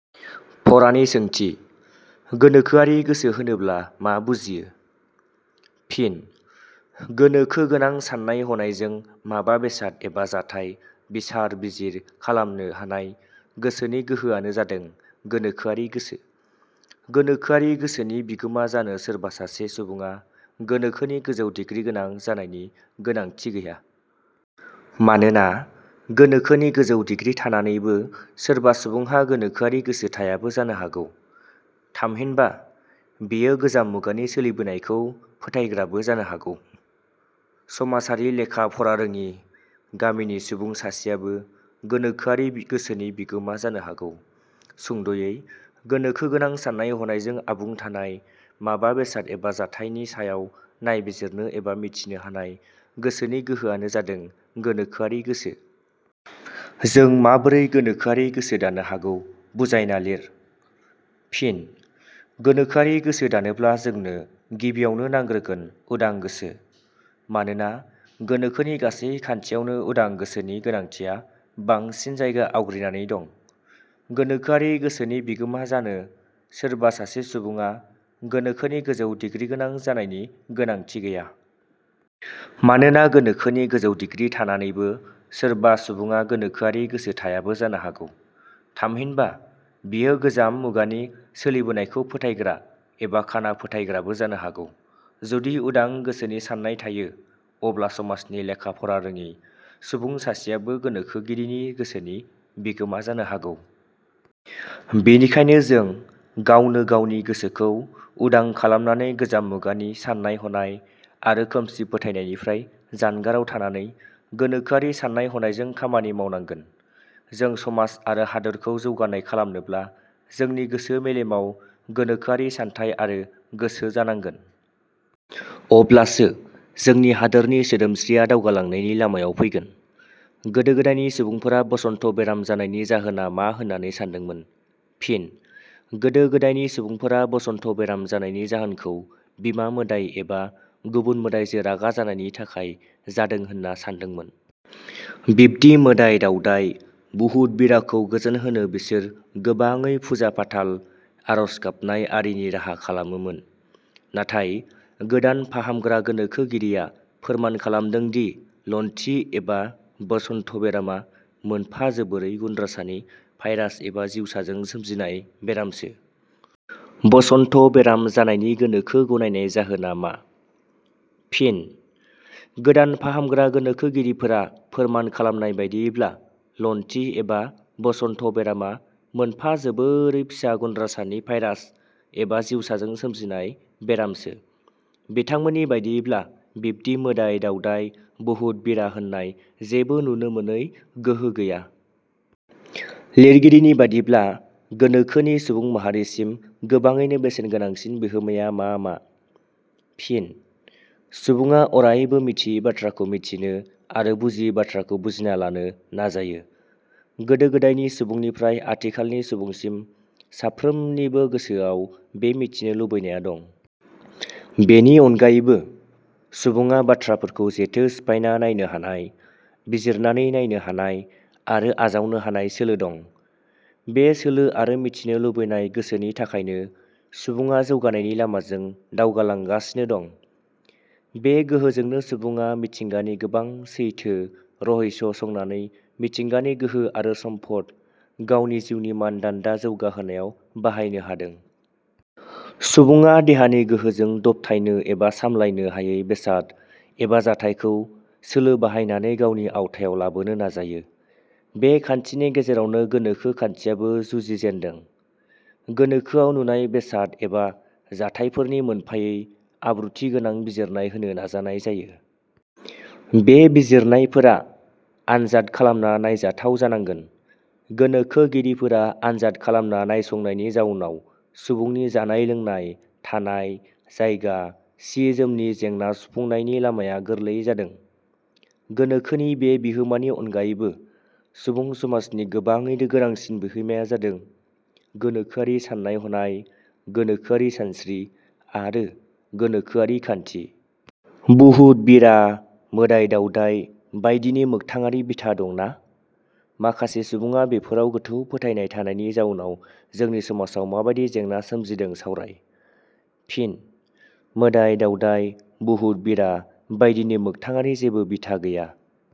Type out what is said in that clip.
फरानि सोंथि:. गोनोखोआरि गोसो होनोब्ला मा बुजियो? फिन: गोनोखोगोनां साननाय हनायजों माबा बेसाद एबा जाथाइ बिसार-बिजिर खालामनो हानाय गोसोनि गोहोआनो जादों गोनोखोआरि गोसो। गोनोखोआरि गोसोनि बिगुमा जानो सोरबा सासे सुबुङा गोनोखोनि गोजौ डिग्रि गोनां जानायनि गोनांथि गैया। मानोना गोनोखोनि गोजौ डिग्रि थानानैबो सोरबा सुबुंहा गोनोखोआरि गोसो थायाबो जानो हागौ, थामहिनबा बेयो गोजाम मुगानि सोलिबोनायखौ फोथाग्राबो जानो हागौ। समाजनि लेखाफरा रोङि, गामिनि सुबुं सासेयाबो गोनोखोआरि गोसोनि बिगुमा जानो हागौ। सुंद'यै गोनोखोगोनां साननाय-हनायजों आबुं थानाय, माबा बेसाद एबा जाथायनि सायाव नायबिजिरनो एबा मिथिनो हानाय गोसोनि गोहोआनो जादों गोनोखोआरि गोसो।. जों माबोरै गोनोखोआरि गोसो दानो हागौ बुजायना लिर। फिन: गोनोखोआरि गोसो दानोब्ला जोंनों गिबियावनो नांग्रोगोन उदां गोसो। मानोना गोनोखोनि गासै खान्थियावनो उदां गोसोनि गोनांथिया बांसिन जायगा आवग्रिनानै दङ'। गोनोखोआरि गोसोनि बिगुमा जानो सोरबा सासे सुबुङा गोनोखोनि गोजौ डिग्रिगोनां जानायनि गोनांथि गैया। मानोना गोनोखोनि गोजौ दिग्रि थानानैबो सोरबा सुबुङा गोनोखोआरि गोसो थायाबो जानो हागौ। थामहिनबा बियो गोजाम मुगानि सोलिबोनायखौ फोथायग्रा एबा खाना फोथायग्राबो जानो हागौ। जुदि उदां गोसोनि साननाय थायो अब्ला समाजनि लेखा फरा रोङै सुबुं सासेयाबो गोनोखोगिरिनि गोसोनि बिगुमा जानो हागौ। बिनिखायनो जों गावनो गावनि गोसोखौ उदां खालामनानै गोजाम मुगानि साननाय हनाय आरो खोमसि फोथायनायनिफ्राय जानगाराव थानानै गोनोखोआरि साननाय हनायजों खामानि मावनांगोन। जों समाज आरो हादरखौ जौगानाय खालामनोब्ला जोंनि गोसो मेलेमाव गोनोखोआरि सानथाइ आरो गोसो जानांगोन। अब्लासो जोंनि हादरनि सोदोमस्रिया दावगालांनायनि लामायाव फैगोन।. गोदो गोदायनि सुबुंफोरा बसन्त बेराम जानायनि जाहोना मा होननानै सान्दोंमोन? फिन: गोदो गोदायनि सुबुंफोरा बसन्त बेराम जानायनि जाहोन खौ बिमा मोदाइ एबा गुबुन मोदाइजो रागा जानायनि थाखाय जादों होनना सानदोंमोन। बिब्दि मोदाइ दावदाइ – बहुत-बिराखौ गोजोन होनो बिसोर गोबाङै फुजा-फाथाल, आरज गाबनाय आरिनि राहा खालामोमोन। नाथाय गोदान फाहामग्रा गोनोखोगिरिया फोरमान खालामदोंदि लोन्थि एबा बसन्त बेरामा मोनफा जोबोरै गुन्द्रासानि भाइरास एबा जिवसाजों सोमजिनाय बेरामसो।. बसन्त बेराम जानायनि गोनोखो गनायनाय जाहोना मा? फिन: गोदान फाहामग्रा गोनोखोगिरिफोरा फोरमान खालामनाय बादियैब्ला लोन्थि एबा बसन्त बेरामा मोनफा जोबोरै फिसा गुन्द्रसानि भाइरास एबा जिवसाजों सोमजिनाय बेरामसो। बिथांमोननि बादियैब्ला बिब्दि मोदाइ दावदाइ, बुहुत-बिरा होननाय जेबो नुनो मोनै गोहो गैया।. लिरगिरिनि बादिब्ला, गोनोखोनि सुबुं माहारिसिम गोबाङैनो बेसेन गोनांसिन बिहोमाया मा मा? फिन: सुबुङा अरायबो मिथियि बाथ्राखौ मिथिनो आरो बुजियि बाथ्राखौ बुजिना लानो नाजायो। गोदो गोदायनि सुबुंनिफ्राइ आथिखालनि सुबुंसिम साफ्रोमनिबोगोसोआव बे मिथिनो लुबैनाया दं। बेनि अनगायैबो सुबुङा बाथ्राफोरखौ जेथो सिफायना नायनो हानाय, बिजिरनानै नायनो हानाय आरो आजावनो हानाय सोलो दं। बे सोलो आरो मिथिनो लुबैनाय गोसोनि थाखायनो सुबुङा जौगानायनि लामाजों दावगालांगासिनो दं। बे गोहोजोंनो सुबुङा मिथिंगानि गोबां सैथो, रहस्य संनानै मिथिंगानि गोहो आरो सम्पद गावनि जिउनि मानदान्दा जौगा होनायाव बाहायनो हादों। सुबुङा देहानि गोहोजों दबथायनो एबा सामलायनो हायै बेसाद एबा जाथाइखौ सोलो बाहायनानै गावनि आवथायाव लाबोनो नाजायो। बे खान्थिनि गेजेरावनो गोनोखो खान्थियाबो जुजिजेनदों। गोनोखोआव नुनाय बेसाद एवा जाथाइफोरनि मोनफायै आब्रुथि गोनां बिजिरनाय होनो नाजानाय जायो। बे बिजिरनायफोरा आनजाद खालामना नायजाथाव जानांगोन। गोनोखोगिरिफोरा आनजाद खालामना नायसंनायनि जाउनाव सुबुंनि जानाय-लोंनाय, थानाय, जायगा, सि-जोमनि जेंना सुफुंनायनि लामाया गोरलै जादों। गोनोखोनि बे बिहोमानि अनगायैबो सुबुं समाजनि गोबाङैनो गोनांसिन बिहोमाया जादों– गोनोखोआरि साननाय हनाय, गोनोखोआरि सानस्रि, आरो गोनोखोआरि खान्थि।. बुहुत-बिरा, मोदाइ दावदाइ बायदिनि मोखथाङारि बिथा दंना? माखासे सुबुडा बेफोराव गोथौ फोथायनाय थानायनि जाउनाव जोंनि समाजाव माबादि जेंना सोमज़िदों सावराय। फिन: मोदाइ-दावदाय, बुहुत-बिरा बायदिनि मोगथाङारि जेबो बिथा गैया।